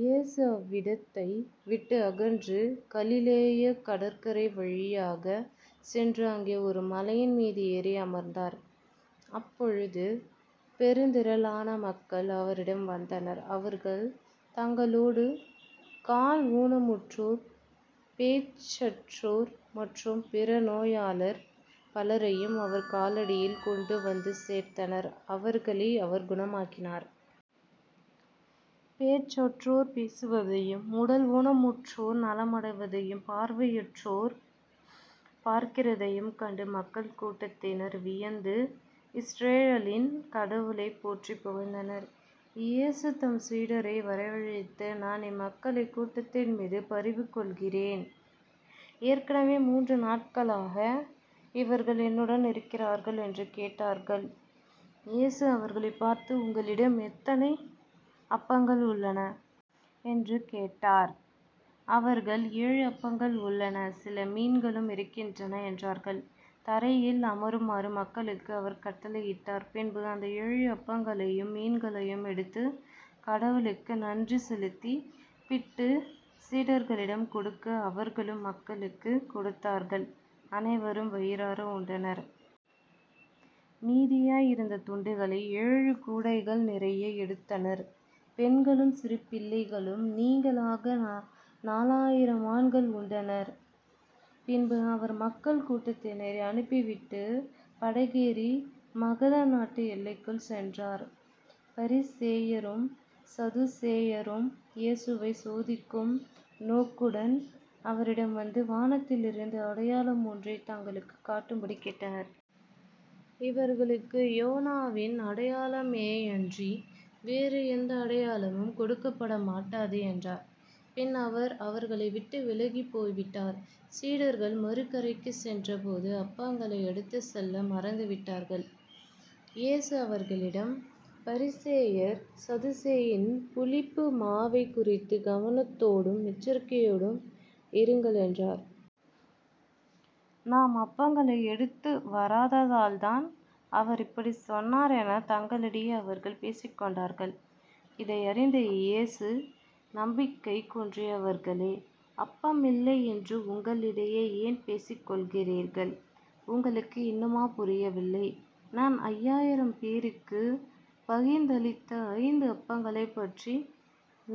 இயேசு அவ்விடத்தை விட்டு அகன்று கலிலேயக் கடற்கரை வழியாகச் சென்று அங்கே ஒரு மலையின் மீது ஏறி அமர்ந்தார். அப்பொழுது பெருந்திரளான மக்கள் அவரிடம் வந்தனர். அவர்கள் தங்களோடு கால் ஊனமுற்றோர் பேச்சற்றோர் மற்றும் பிற நோயாளர் பலரையும் அவர் காலடியில் கொண்டுவந்து சேர்த்தனர். அவர்களை அவர் குணமாக்கினார். பேச்சற்றோர் பேசுவதையும் உடல் ஊனமுற்றோர் நலமடைவதையும் பார்வையற்றோர் பார்க்கிறதையும் கண்டு மக்கள் கூட்டத்தினர் வியந்து இஸ்ரயேலின் கடவுளைப் போற்றிப் புகழ்ந்தனர். இயேசு தம் சீடரை வரவழைத்து நான் இம்மக்கள் கூட்டத்தின்மீது பரிவு கொள்கிறேன். ஏற்கெனவே மூன்று நாட்களாக இவர்கள் என்னுடன் இருக்கிறார்கள். என்று கேட்டார்கள். இயேசு அவர்களைப் பார்த்து உங்களிடம் எத்தனை அப்பங்கள் உள்ளன? என்று கேட்டார். அவர்கள் ஏழு அப்பங்கள் உள்ளன சில மீன்களும் இருக்கின்றன என்றார்கள். தரையில் அமருமாறு மக்களுக்கு அவர் கட்டளையிட்டார். பின்பு அந்த ஏழு அப்பங்களையும் மீன்களையும் எடுத்து கடவுளுக்கு நன்றி செலுத்தி பிட்டு சீடர்களிடம் கொடுக்க அவர்களும் மக்களுக்குக் கொடுத்தார்கள். அனைவரும் வயிறார உண்டனர். மீதியாய் இருந்த துண்டுகளை ஏழு கூடைகள் நிறைய எடுத்தனர். பெண்களும் சிறு பிள்ளைகளும் நீங்கலாக நாலாயிரம் ஆண்கள் உண்டனர். பின்பு அவர் மக்கள் கூட்டத்தினரை அனுப்பிவிட்டுப் படகேறி மகத நாட்டு எல்லைக்குள் சென்றார். பரிசேயரும் சதுசேயரும் இயேசுவைச் சோதிக்கும் நோக்குடன் அவரிடம் வந்து வானத்திலிருந்து அடையாளம் ஒன்றைத் தங்களுக்குக் காட்டும்படி கேட்டனர். இவர்களுக்கு யோனாவின் அடையாளமேயன்றி வேறு எந்த அடையாளமும் கொடுக்கப்படமாட்டாது என்றார். பின் அவர் அவர்களை விட்டு விலகிப் போய்விட்டார். சீடர்கள் மறு கரைக்குச் சென்ற போது அப்பங்களை எடுத்துச் செல்ல மறந்துவிட்டார்கள். இயேசு அவர்களிடம் பரிசேயர் சதுசேயின் புளிப்பு மாவைக்குறித்துக் கவனத்தோடும் எச்சரிக்கையோடும் இருங்கள் என்றார். நாம் அப்பங்களை எடுத்து வராததால்தான் அவர் இப்படிச் சொன்னார் எனத் தங்களிடையே அவர்கள் பேசிக்கொண்டார்கள். இதை அறிந்த இயேசு நம்பிக்கை குன்றியவர்களே அப்பமில்லை என்று உங்களிடையே ஏன் பேசிக் கொள்கிறீர்கள்? உங்களுக்கு இன்னுமா புரியவில்லை? நான் ஐயாயிரம் பேருக்குப் பகிர்ந்தளித்த ஐந்து அப்பங்களைப் பற்றி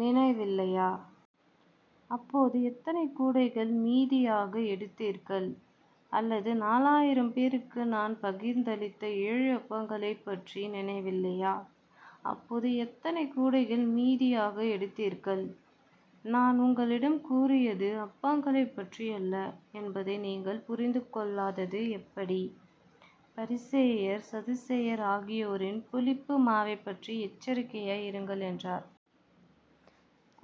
நினைவில்லையா? அப்போது எத்தனை கூடைகள் மீதியாக எடுத்தீர்கள்? அல்லது நாலாயிரம் பேருக்கு நான் பகிர்ந்தளித்த ஏழு அப்பங்களைப்பற்றி நினைவில்லையா? அப்போது எத்தனை கூடைகள் மீதியாக எடுத்தீர்கள்? நான் உங்களிடம் கூறியது அப்பங்களைப் பற்றியல்ல என்பதை நீங்கள் புரிந்துகொள்ளாதது எப்படி? பரிசேயர் சதுசேயர் ஆகியோரின் புளிப்பு மாவைப்பற்றி எச்சரிக்கையாய் இருங்கள் என்றார்.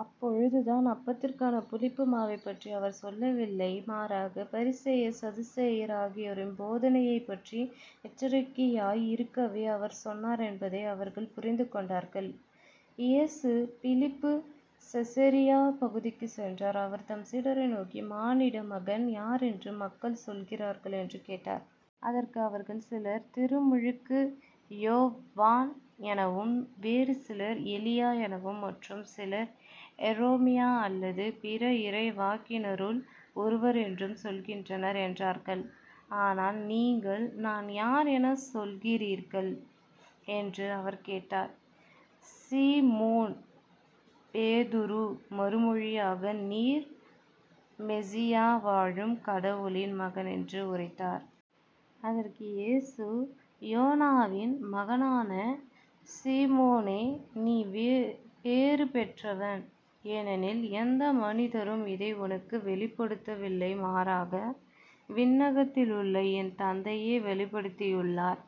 அப்பொழுதுதான் அப்பத்திற்கான புளிப்பு மாவைப் பற்றி அவர் சொல்லவில்லை மாறாகப் பரிசேயர் சதுசேயர் ஆகியோரின் போதனையைப்பற்றி எச்சரிக்கையாய் இருக்கவே அவர் சொன்னார் என்பதை அவர்கள் புரிந்துகொண்டார்கள். இயேசு பிலிப்புச் செசரியா பகுதிக்குச் சென்றார். அவர் தம் சீடரை நோக்கி மானிடமகன் யாரென்று மக்கள் சொல்கிறார்கள்? என்று கேட்டார். அதற்கு அவர்கள் சிலர் திருமுழுக்கு யோவான் எனவும் வேறு சிலர் எலியா எனவும் மற்றும் சிலர் எரேமியா அல்லது பிற இறைவாக்கினருள் ஒருவர் என்றும் சொல்கின்றனர் என்றார்கள். ஆனால் நீங்கள் நான் யார் எனச் சொல்கிறீர்கள்? என்று அவர் கேட்டார். சீமோன் பேதுரு மறுமொழியாக நீர் மெசியா வாழும் கடவுளின் மகன் என்று உரைத்தார். அதற்கு இயேசு யோனாவின் மகனான சீமோனே நீ பேறு பெற்றவன். ஏனெனில் எந்த மனிதரும் இதை உனக்கு வெளிப்படுத்தவில்லை மாறாக விண்ணகத்திலுள்ள என் தந்தையே வெளிப்படுத்தியுள்ளார்.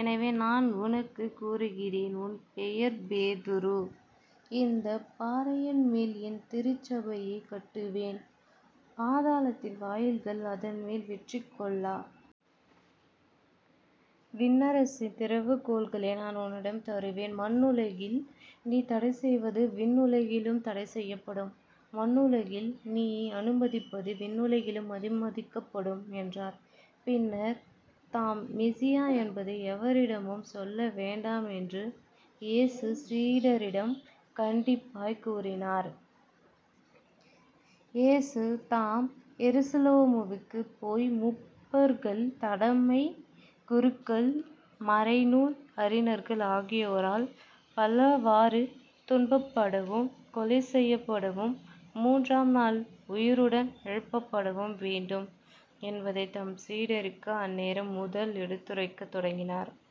எனவே நான் உனக்குக் கூறுகிறேன் உன் பெயர் பேதுரு இந்தப் பாறையின்மேல் என் திருச்சபையைக் கட்டுவேன். பாதாளத்தின் வாயில்கள் அதன்மேல் வெற்றி கொள்ளா. விண்ணரசின் திறவுகோல்களை நான் உன்னிடம் தருவேன். மண்ணுலகில் நீ தடைசெய்வது விண்ணுலகிலும் தடைசெய்யப்படும். மண்ணுலகில் நீ அனுமதிப்பது விண்ணுலகிலும் அனுமதிக்கப்படும் என்றார். பின்னர் தாம் மெசியா என்பதை எவரிடமும் சொல்லவேண்டாம் என்று இயேசு சீடரிடம் கண்டிப்பாய்க் கூறினார். இயேசு தாம் எருசலேமுக்குப் போய் முப்பர்கள் தலைமைக் குருக்கள் மறைநூல் அறிஞர்கள் ஆகியோரால் பலவாறு துன்பப்படவும் கொலை செய்யப்படவும் மூன்றாம் நாள் உயிருடன் எழுப்பப்படவும் வேண்டும் என்பதைத் தம் சீடருக்கு அந்நேரம் முதல் எடுத்துரைக்கத் தொடங்கினார்.